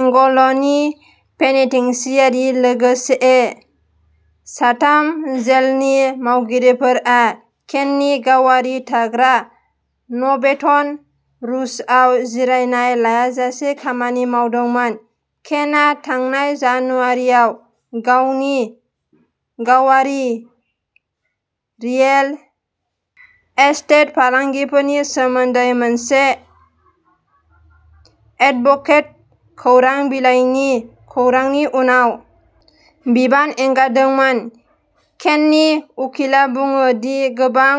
एंग'लानि penitentiary. लोगोसे, साथाम जेलनि मावगिरिफोरा केननि गावारि थाग्रा न'बेटन रूजआव जिरायनाय लायाजासे खामानि मावदोंमोन। केनआ थांनाय जानुवारिआव गावनि गावारि रिएल एस्टेट फालांगिफोरनि सोमोन्दै मोनसे एडभोकेट खौरां बिलाइनि खौरांनि उनाव बिबान एंगारदोंमोन। केननि उखिलआ बुङो दि गोबां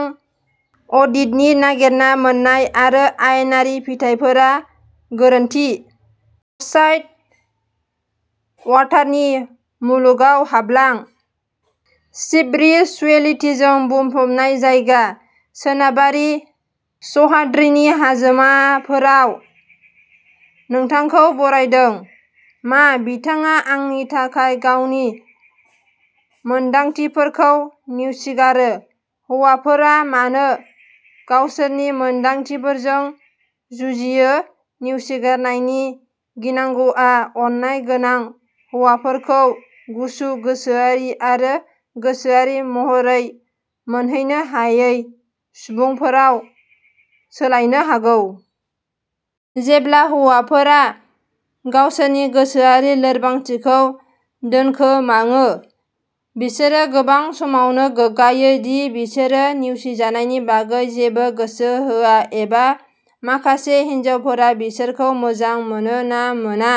अडिटनि नागिरना मोन्नाय आरो आयेनारि फिथाइफोरा गोरोन्थि। अर्चाड्स एन्ड वाटारनि मुलुगाव हाबलां। स्पिरिचुएलितिजों बुंफबनाय जायगा। सोनाबारि सह्याद्रिनि हाजोमाफोराव नोंथांखौ बरनायदों। मा बिथाङा आंनि थाखाय गावनि मोनदांथिफोरखौ नेवसिगारो हौवाफोरा मानो गावसोरनि मोनदांथिफोरजों जुजियो नेवसिगारनायनि गिनांगौआ अननाय गोनां हौवाफोरखौ गुसु गोसोआरि आरो गोसोआरि महरै मोनहैनो हायै सुबुंफोरआव सोलायनो हागौ। जेब्ला हौवाफोरा गावसोरनि गोसोआरि लोरबांथिखौ दोनखोमाङो, बिसोरो गोबां समावनो गोग्गायो दि बिसोरो नेवसिजानायनि बागै जेबो गोसो होआ एबा माखासे हिनजावफोरा बिसोरखौ मोजां मोनो ना मोना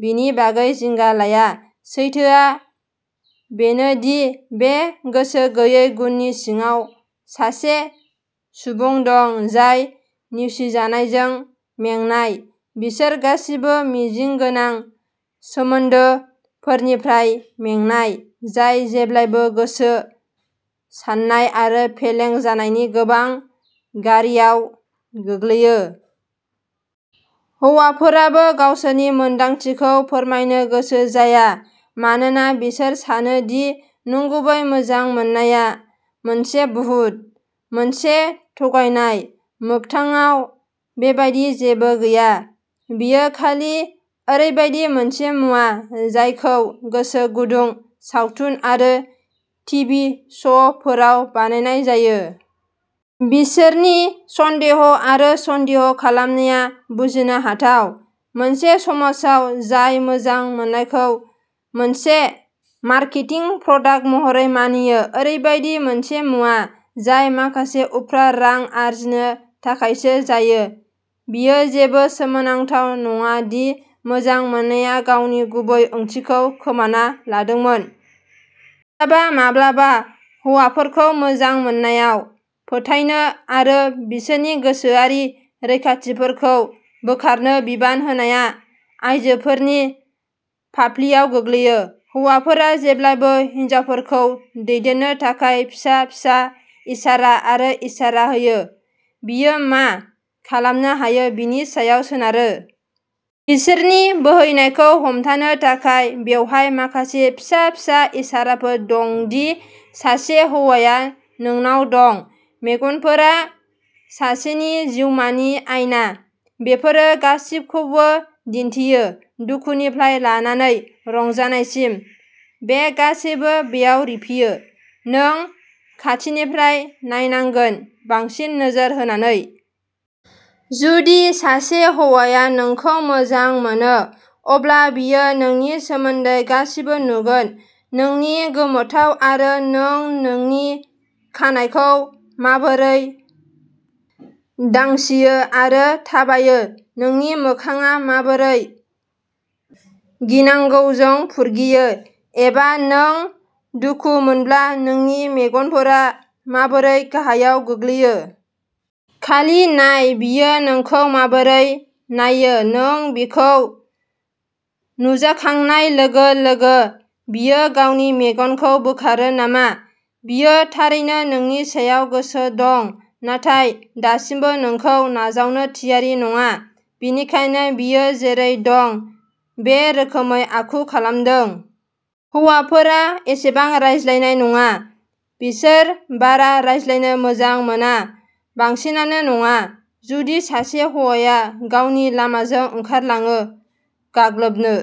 बेनि बागै जिंगा लाया। सैथोआ बेनो दि बे गोसो गैयै गुननि सिङाव सासे सुबुं दं जाय नेवसिजानायजों मेंनाय बिसोर गासिबो मिजिं गोनां सोमोन्दोफोरनिफ्राय मेंनाय, जाय जेब्लाबो गोसो सानाय आरो फेलें जानायनि गोबां गारियाव गोग्लैयो। हौवाफोराबो गावसोरनि मोनदांथिफोरखौ फोरमायनो गोसो जाया मानोना बिसोर सानो दि "नंगुबै मोजां मोननाया" मोनसे भुत, मोनसे थगायनाय। मोगथाङाव, बेबादि जेबो गैया। बेयो खालि ओरैबायदि मोनसे मुवा जायखौ गोसो गुदुं सावथुन आरो टिभि श'फोराव बानायनाय जायो। बिसोरनि सन्देह आरो सन्देह खालामनाया बुजिनो हाथाव। मोनसे समाजाव जाय मोजां मोननायखौ मोनसे मार्केटिं प्रडाक्ट महरै मानियो ओरैबायदि मोनसे मुवा जाय माखासे उफ्रा रां आर्जिनो थाखायसो जायो-बेयो जेबो सोमोनांथाव नङा दि मोजां मोननाया गावनि गुबै ओंथिखौ खोमाना लादोंमोन। माब्लाबा माब्लाबा हौवाफोरखौ मोजां मोननायाव फोथायहोनो आरो बिसोरनि गोसोआरि रैखाथिफोरखौ बोखारनो बिबान होनाया आइजोफोरनि फाफ्लियाव गोग्लैयो। हौवाफोरा जेब्लाबो हिनजावफोरखौ दैदेननो थाखाय फिसा फिसा इसारा आरो इसारा होयो। बेयो मा खालामनो हायो बेनि सायाव सोनारो। बिसोरनि बोहैनायखौ हमनो थाखाय। बेवहाय माखासे फिसा फिसा इसाराफोर दं दि सासे हौवाया नोंनाव दं। मेगनफोरा सासेनि जिउमानि आइना। बेफोरो गासिबोखौ दिन्थियो दुखुनिफ्राय लानानै रंजानायसिम बे गासैबो बेयाव रिफियो। नों खाथिनिफ्राय नायनांगोन, बांसिन नोजोर होनानै। जुदि सासे हौवाया नोंखौ मोजां मोनो अब्ला बियो नोंनि सोमोन्दै गासिबो नुगोन नोंनि गोमोथाव आरो नों नोंनि खानाइखौ माबोरै दांसियो आरो थाबायो नोंनि मोखांआ माबोरै गिनांगौजों फुरगेयो एबा नों दुखु मोनब्ला नोंनि मेगनफोरा माबोरै गाहायाव गोग्लैयो। खालि नाय बियो नोंखौ माबोरै नाययो। नों बिखौ नुजाखांनाय लोगो-लोगो बियो गावनि मेगनखौ बोखारो नामा? बियो थारैनो नोंनि सायाव गोसो दं नाथाय दासिमबो नोंखौ नाजावनो थियारि नङा। बेनिखायनो बियो जेरै दं बे रोखोमै आखु खालामदों। हौवाफोरा एसेबां रायज्लायनाय नङा। बिसोर बारा रायज्लायनो मोजां मोना बांसिनानो नङा। जुदि सासे हौवाया गावनि लामाजों ओंखारलाङो गाग्लोबनो।